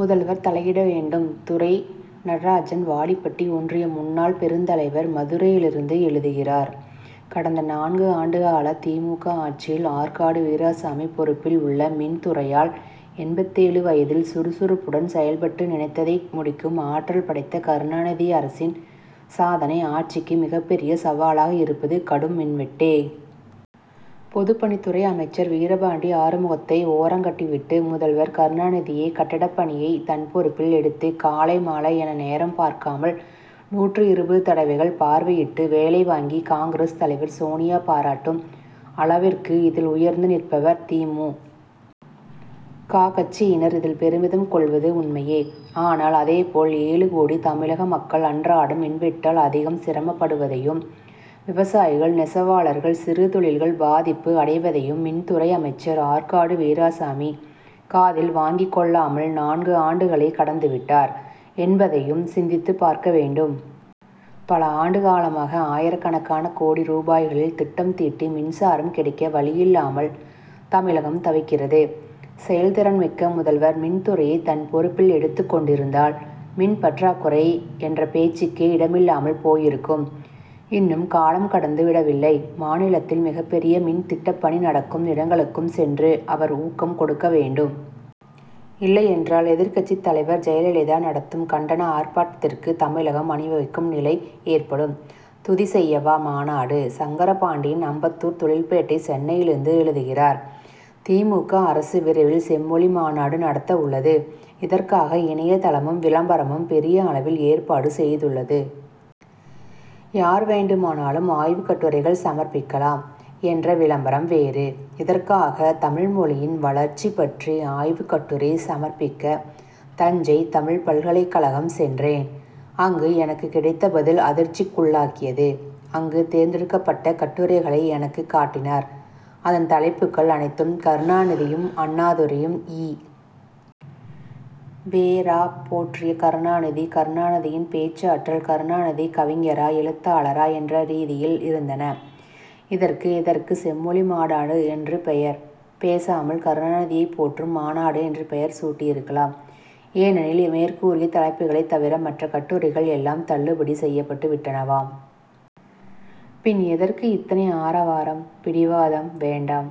முதல்வர் தலையிட வேண்டும்! துரை நடராஜன் வாடிப்பட்டி ஒன்றிய முன்னாள் பெருந்தலைவர் மதுரையிலிருந்து எழுதுகிறார் கடந்த நான்கு ஆண்டுகால தி. மு. க. ஆட்சியில் ஆற்காடு வீராசாமி பொறுப்பில் உள்ள மின் துறையால் எண்பத்தேழு வயதில் சுறுசுறுப்புடன் செயல்பட்டு நினைத்ததை முடிக்கும் ஆற்றல் படைத்த கருணாநிதி அரசின் சாதனை ஆட்சிக்கு மிகப்பெரிய சவாலாக இருப்பது கடும் மின்வெட்டே. பொதுப்பணித்துறை அமைச்சர் வீரபாண்டி ஆறுமுகத்தை ஓரங்கட்டிவிட்டு முதல்வர் கருணாநிதியே கட்டடப் பணியை தன் பொறுப்பில் எடுத்து காலை மாலை என நேரம் பார்க்காமல் நூற்று இருபது தடவைகள் பார்வையிட்டு வேலை வாங்கி காங்கிரஸ் தலைவர் சோனியா பாராட்டும் அளவிற்கு இதில் உயர்ந்து நிற்பவர்! தி. மு. க. கட்சியினர் இதில் பெருமிதம் கொள்வது உண்மையே! ஆனால் அதேபோல் ஏழு கோடி தமிழக மக்கள் அன்றாடம் மின்வெட்டால் அதிகம் சிரமப்படுவதையும் விவசாயிகள் நெசவாளர்கள் சிறுதொழில்கள் பாதிப்பு அடைவதையும் மின்துறை அமைச்சர் ஆற்காடு வீராசாமி காதில் வாங்கிக் கொள்ளாமல் நான்கு ஆண்டுகளை கடந்துவிட்டார் என்பதையும் சிந்தித்து பார்க்க வேண்டும். பல ஆண்டு காலமாக ஆயிரக்கணக்கான கோடி ரூபாய்களில் திட்டம் தீட்டி மின்சாரம் கிடைக்க வழியில்லாமல் தமிழகம் தவிக்கிறது. செயல்திறன்மிக்க முதல்வர் மின்துறையை தன் பொறுப்பில் எடுத்துக் கொண்டிருந்தால் மின் பற்றாக்குறை என்ற பேச்சுக்கே இடமில்லாமல் போயிருக்கும். இன்னும் காலம் கடந்து விடவில்லை! மாநிலத்தில் மிகப்பெரிய மின்திட்டப்பணி நடக்கும் இடங்களுக்கும் சென்று அவர் ஊக்கம் கொடுக்க வேண்டும்! இல்லையென்றால் எதிர்க்கட்சித் தலைவர் ஜெயலலிதா நடத்தும் கண்டன ஆர்ப்பாட்டத்திற்கு தமிழகம் அணிவகுக்கும் நிலை ஏற்படும். துதி செய்யவா மாநாடு? சங்கர பாண்டியன் அம்பத்தூர் தொழிற்பேட்டை சென்னையிலிருந்து எழுதுகிறார் தி. மு. க. அரசு விரைவில் செம்மொழி மாநாடு நடத்த உள்ளது. இதற்காக இணைய தளமும் விளம்பரமும் பெரிய அளவில் ஏற்பாடு செய்துள்ளது. யார் வேண்டுமானாலும் ஆய்வுக்கட்டுரைகள் சமர்ப்பிக்கலாம் என்ற விளம்பரம் வேறு! இதற்காக தமிழ்மொழியின் வளர்ச்சி பற்றி ஆய்வுக் கட்டுரை சமர்ப்பிக்க தஞ்சை தமிழ்ப் பல்கலைக்கழகம் சென்றேன். அங்கு எனக்குக் கிடைத்த பதில் அதிர்ச்சிக்குள்ளாக்கியது. அங்கு தேர்ந்தெடுக்கப்பட்ட கட்டுரைகளை எனக்குக் காட்டினார். அதன் தலைப்புகள் அனைத்தும் கருணாநிதியும் அண்ணாதுரையும் ஈ. வெ. ரா. போற்றிய கருணாநிதி கருணாநிதியின் பேச்சாற்றல் கருணாநிதி கவிஞரா எழுத்தாளரா என்ற ரீதியில் இருந்தன. இதற்கு எதற்கு செம்மொழி மாநாடு என்று பெயர்? பேசாமல் கருணாநிதியை போற்றும் மாநாடு என்று பெயர் சூட்டியிருக்கலாம். ஏனெனில் மேற்கூறிய தலைப்புகளைத் தவிர மற்ற கட்டுரைகள் எல்லாம் தள்ளுபடி செய்யப்பட்டு விட்டனவாம். பின் எதற்கு இத்தனை ஆரவாரம்? பிடிவாதம் வேண்டாம்!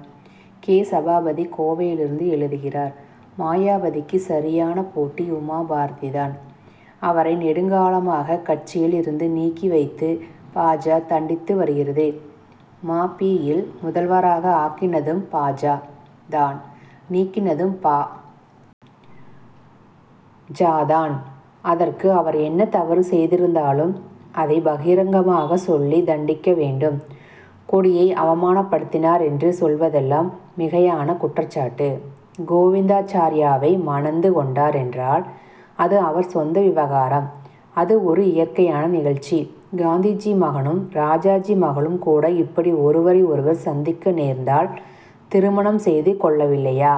கே. சபாபதி கோவையிலிருந்து எழுதுகிறார் மாயாவதிக்கு சரியான போட்டி உமாபாரதி தான். அவரை நெடுங்காலமாக கட்சியில் இருந்து நீக்கி வைத்து பா. ஜ. தண்டித்து வருகிறது. ம. பி.யில் முதல்வராக ஆக்கினதும் பா. ஜ. தான் நீக்கினதும் பா. ஜ. தான். அதற்கு அவர் என்ன தவறு செய்திருந்தாலும் அதைப் பகிரங்கமாகச் சொல்லி தண்டிக்க வேண்டும். கொடியை அவமானப்படுத்தினார் என்று சொல்வதெல்லாம் மிகையான குற்றச்சாட்டு. கோவிந்தாச்சார்யாவை மணந்து கொண்டார் என்றால் அது அவர் சொந்த விவகாரம் அது ஒரு இயற்கையான நிகழ்ச்சி. காந்திஜி மகனும் ராஜாஜி மகளும் கூட இப்படி ஒருவரை ஒருவர் சந்திக்க நேர்ந்தால் திருமணம் செய்து கொள்ளவில்லையா?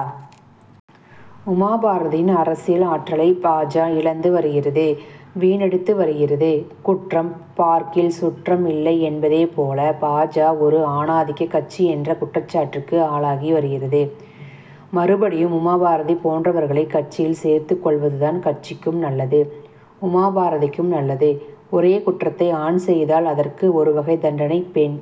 உமாபாரதியின் அரசியல் ஆற்றலை பா. ஜ. இழந்து வருகிறது வீணடித்து வருகிறது. குற்றம் பார்க்கில் சுற்றம் இல்லை என்பது போல பா. ஜ. ஒரு ஆணாதிக்கக் கட்சி என்ற குற்றச்சாட்டுக்கு ஆளாகி வருகிறது. மறுபடியும் உமாபாரதி போன்றவர்களை கட்சியில் சேர்த்துக் கொள்வது தான் கட்சிக்கும் நல்லது உமாபாரதிக்கும் நல்லது. ஒரே குற்றத்தை ஆண் செய்தால் அதற்கு ஒரு வகை தண்டனை பெண்